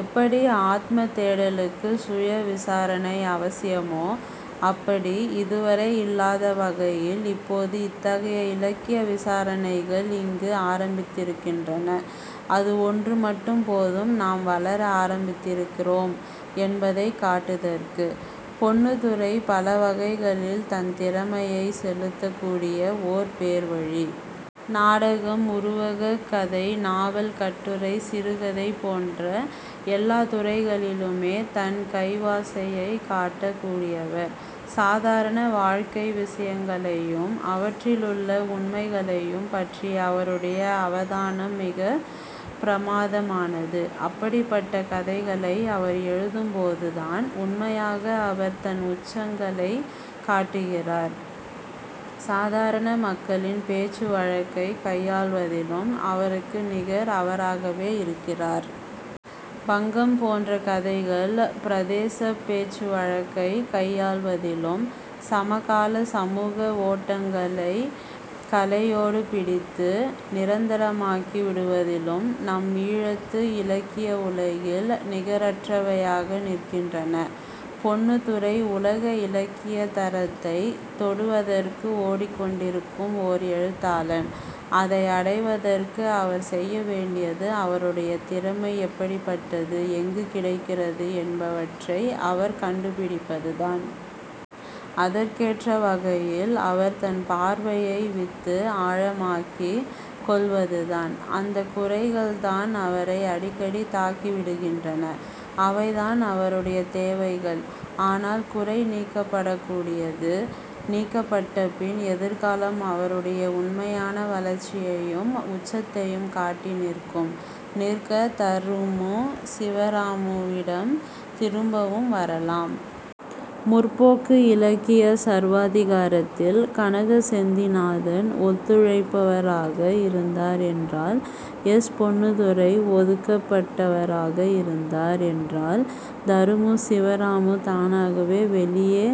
எப்படி ஆத்மத் தேடலுக்கு சுய விசாரணை அவசியமோ அப்படி. இதுவரை இல்லாத வகையில் இப்போது இத்தகைய இலக்கிய விசாரணைகள் இங்கு ஆரம்பித்திருக்கின்றன. அது ஒன்று மட்டும் போதும் நாம் வளர ஆரம்பித்திருக்கிறோம் என்பதை காட்டுதற்கு. பொன்னுத்துரை பல வகைகளில் தன் திறமையைச் செலுத்தக்கூடிய ஓர் பேர்வழி. நாடகம், உருவகக் கதை, நாவல், கட்டுரை, சிறுகதை போன்ற எல்லாத் துறைகளிலுமே தன் கைவாசையைக் காட்டக் கூடியவர். சாதாரண வாழ்க்கை விசயங்களையும் அவற்றிலுள்ள உண்மைகளையும் பற்றிய அவருடைய அவதானம் மிகப் பிரமாதமானது. அப்படிப்பட்ட கதைகளை அவர் எழுதும்போதுதான் உண்மையாக அவர் தன் உச்சங்களைக் காட்டுகிறார். சாதாரண மக்களின் பேச்சு வழக்கைக் கையாள்வதிலும் அவருக்கு நிகர் அவராகவே இருக்கிறார். 'பங்கம்' போன்ற கதைகள் பிரதேசப் பேச்சுவழக்கைக் கையாள்வதிலும் சமகால சமூக ஓட்டங்களைக் கலையோடு பிடித்து நிரந்தரமாக்கிவிடுவதிலும் நம் ஈழத்து இலக்கிய உலகில் நிகரற்றவையாக நிற்கின்றன. பொன்னுத்துரை உலக இலக்கியத் தரத்தைத் தொடுவதற்கு ஓடிக்கொண்டிருக்கும் ஓர் எழுத்தாளன். அதை அடைவதற்கு அவர் செய்ய வேண்டியது, அவருடைய திறமை எப்படிப்பட்டது, எங்கு கிடக்கிறது என்பவற்றை அவர் கண்டுபிடிப்பதுதான். அதற்கேற்ற வகையில் அவர் தன் பார்வையை வித்து ஆழமாக்கிக் கொள்வதுதான். அந்தக் குறைகள்தான் அவரை அடிக்கடி தாக்கிவிடுகின்றன. அவைதான் அவருடைய தேவைகள். ஆனால் குறை நீக்கப்படக்கூடியது. நீக்கப்பட்ட பின் எதிர்காலம் அவருடைய உண்மையான வளர்ச்சியையும் உச்சத்தையும் காட்டி நிற்கும். நிற்க, தருமு சிவராமுவிடம் திரும்பவும் வரலாம். 'முற்போக்கு' இலக்கிய சர்வாதிகாரத்தில் கனக செந்திநாதன் ஒத்துழைப்பவராக இருந்தார் என்றால், எஸ். பொன்னுத்துரை ஒதுக்கப்பட்டவராக இருந்தார் என்றால், தருமு சிவராமு தானாகவே வெளியே,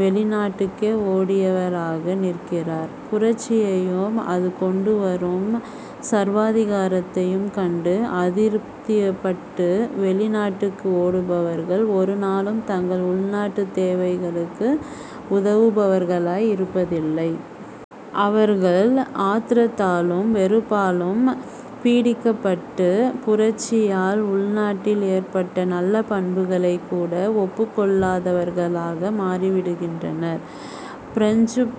வெளிநாட்டுக்கே ஓடியவராக நிற்கிறார். புரட்சியையும் அது கொண்டுவரும் சர்வாதிகாரத்தையும் கண்டு அதிருப்திப்பட்டு வெளிநாட்டுக்கு ஓடுபவர்கள் ஒரு நாளும் தங்கள் உள்நாட்டுத் தேவைகளுக்கு உதவுபவர்களாய் இருப்பதில்லை. அவர்கள் ஆத்திரத்தாலும் வெறுப்பாலும் பீடிக்கப்பட்டு, புரட்சியால் உள்நாட்டில் ஏற்பட்ட நல்ல பண்புகளைக் கூட ஒப்புக்கொள்ளாதவர்களாக மாறிவிடுகின்றனர். பிரெஞ்சுப்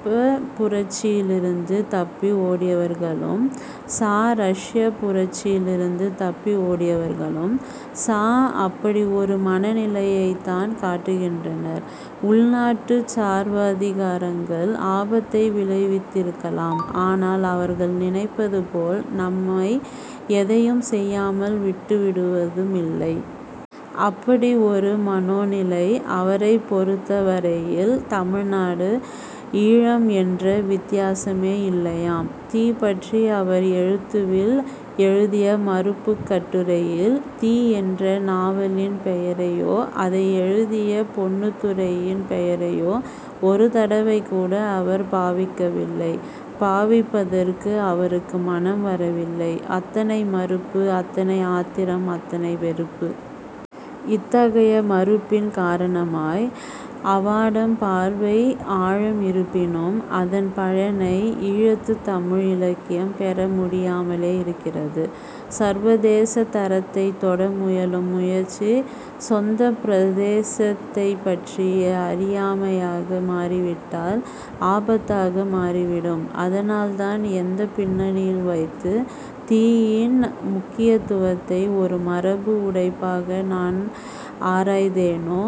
புரட்சியிலிருந்து தப்பி ஓடியவர்களும் சா, ரஷ்யப் புரட்சியிலிருந்து தப்பி ஓடியவர்களும் சா, அப்படி ஒரு மனநிலையைத்தான் காட்டுகின்றனர். உள்நாட்டுச் சர்வாதிகாரங்கள் ஆபத்தை விளைவித்திருக்கலாம். ஆனால் அவர்கள் நினைப்பதுபோல் நம்மை எதையும் செய்யாமல் விட்டுவிடுவதுமில்லை. அப்படி ஒரு மனோநிலை! அவரைப் பொருத்தவரையில் தமிழ்நாடு, ஈழம் என்ற வித்தியாசமே இல்லையாம்! 'தீ'பற்றி அவர் 'எழுத்து'வில் எழுதிய மறுப்புக் கட்டுரையில் 'தீ' என்ற நாவலின் பெயரையோ அதை எழுதிய பொன்னுத்துரையின் பெயரையோ ஒரு தடவைகூட அவர் பாவிக்கவில்லை. பாவிப்பதற்கு அவருக்கு மனம் வரவில்லை. அத்தனை மறுப்பு, அத்தனை ஆத்திரம், அத்தனை வெறுப்பு. இத்தகைய மறுப்பின் காரணமாய் அவாடம் பார்வை ஆழம் இருப்பினும் அதன் பயனை ஈழத்துத் தமிழ் இலக்கியம் பெற முடியாமலே இருக்கிறது. சர்வதேசத் தரத்தைத் தொட முயலும் முயற்சி சொந்தப் பிரதேசத்தைப்பற்றிய அறியாமையாக மாறிவிட்டால் ஆபத்தாக மாறிவிடும். அதனால்தான் எந்தப் பின்னணியில் வைத்து 'தீ'யின் முக்கியத்துவத்தை ஒரு மரபு உடைப்பாக நான் ஆராய்தேனோ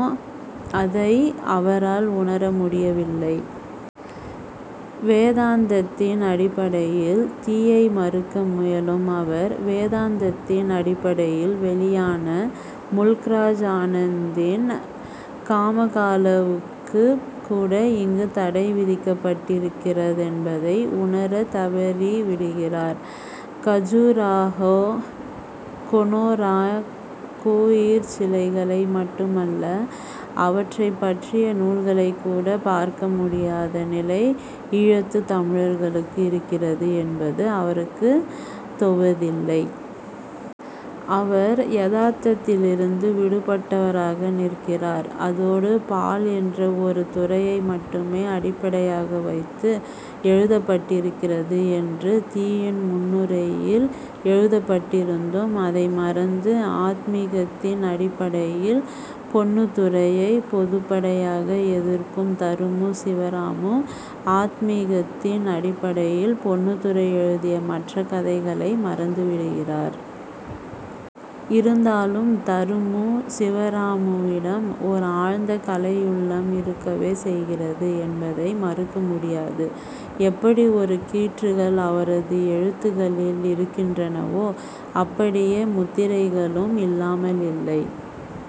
அதை அவரால் உணர முடியவில்லை. வேதாந்தத்தின் அடிப்படையில் 'தீ'யை மறுக்க முயலும் அவர் வேதாந்தத்தின் அடிப்படையில் வெளியான முல்க்ராஜ் ஆனந்தின் 'காமகலா'வுக்குக் கூட இங்கு தடை விதிக்கப்பட்டிருக்கிறதென்பதை உணரத் தவறிவிடுகிறார். கஜுராஹோ, கொனோராக் கோயிற் சிலைகளை மட்டுமல்ல, அவற்றைப்பற்றிய நூல்களைக்கூடப் பார்க்க முடியாத நிலை ஈழத்துத் தமிழர்களுக்கு இருக்கிறது என்பது அவருக்குத் தொவதில்லை. அவர் யதார்த்தத்திலிருந்து விடுபட்டவராக நிற்கிறார். அதோடு பால் என்ற ஒரு துறையை மட்டுமே அடிப்படையாக வைத்து எழுதப்பட்டிருக்கிறது என்று 'தீ'யின் முன்னுரையில் எழுதப்பட்டிருந்தும் அதை மறந்து, ஆத்மீகத்தின் அடிப்படையில் பொன்னுத்துரையைப் பொதுப்படையாக எதிர்க்கும் தருமு சிவராமு ஆத்மீகத்தின் அடிப்படையில் பொன்னுத்துரை எழுதிய மற்ற கதைகளை மறந்துவிடுகிறார். இருந்தாலும் தருமு சிவராமுவிடம் ஓர் ஆழ்ந்த கலையுள்ளம் இருக்கவே செய்கிறது என்பதை மறுக்க முடியாது. எப்படி ஒரு கீற்றுகள் அவரது எழுத்துகளில் இருக்கின்றனவோ அப்படியே முத்திரைகளும் இல்லாமலில்லை.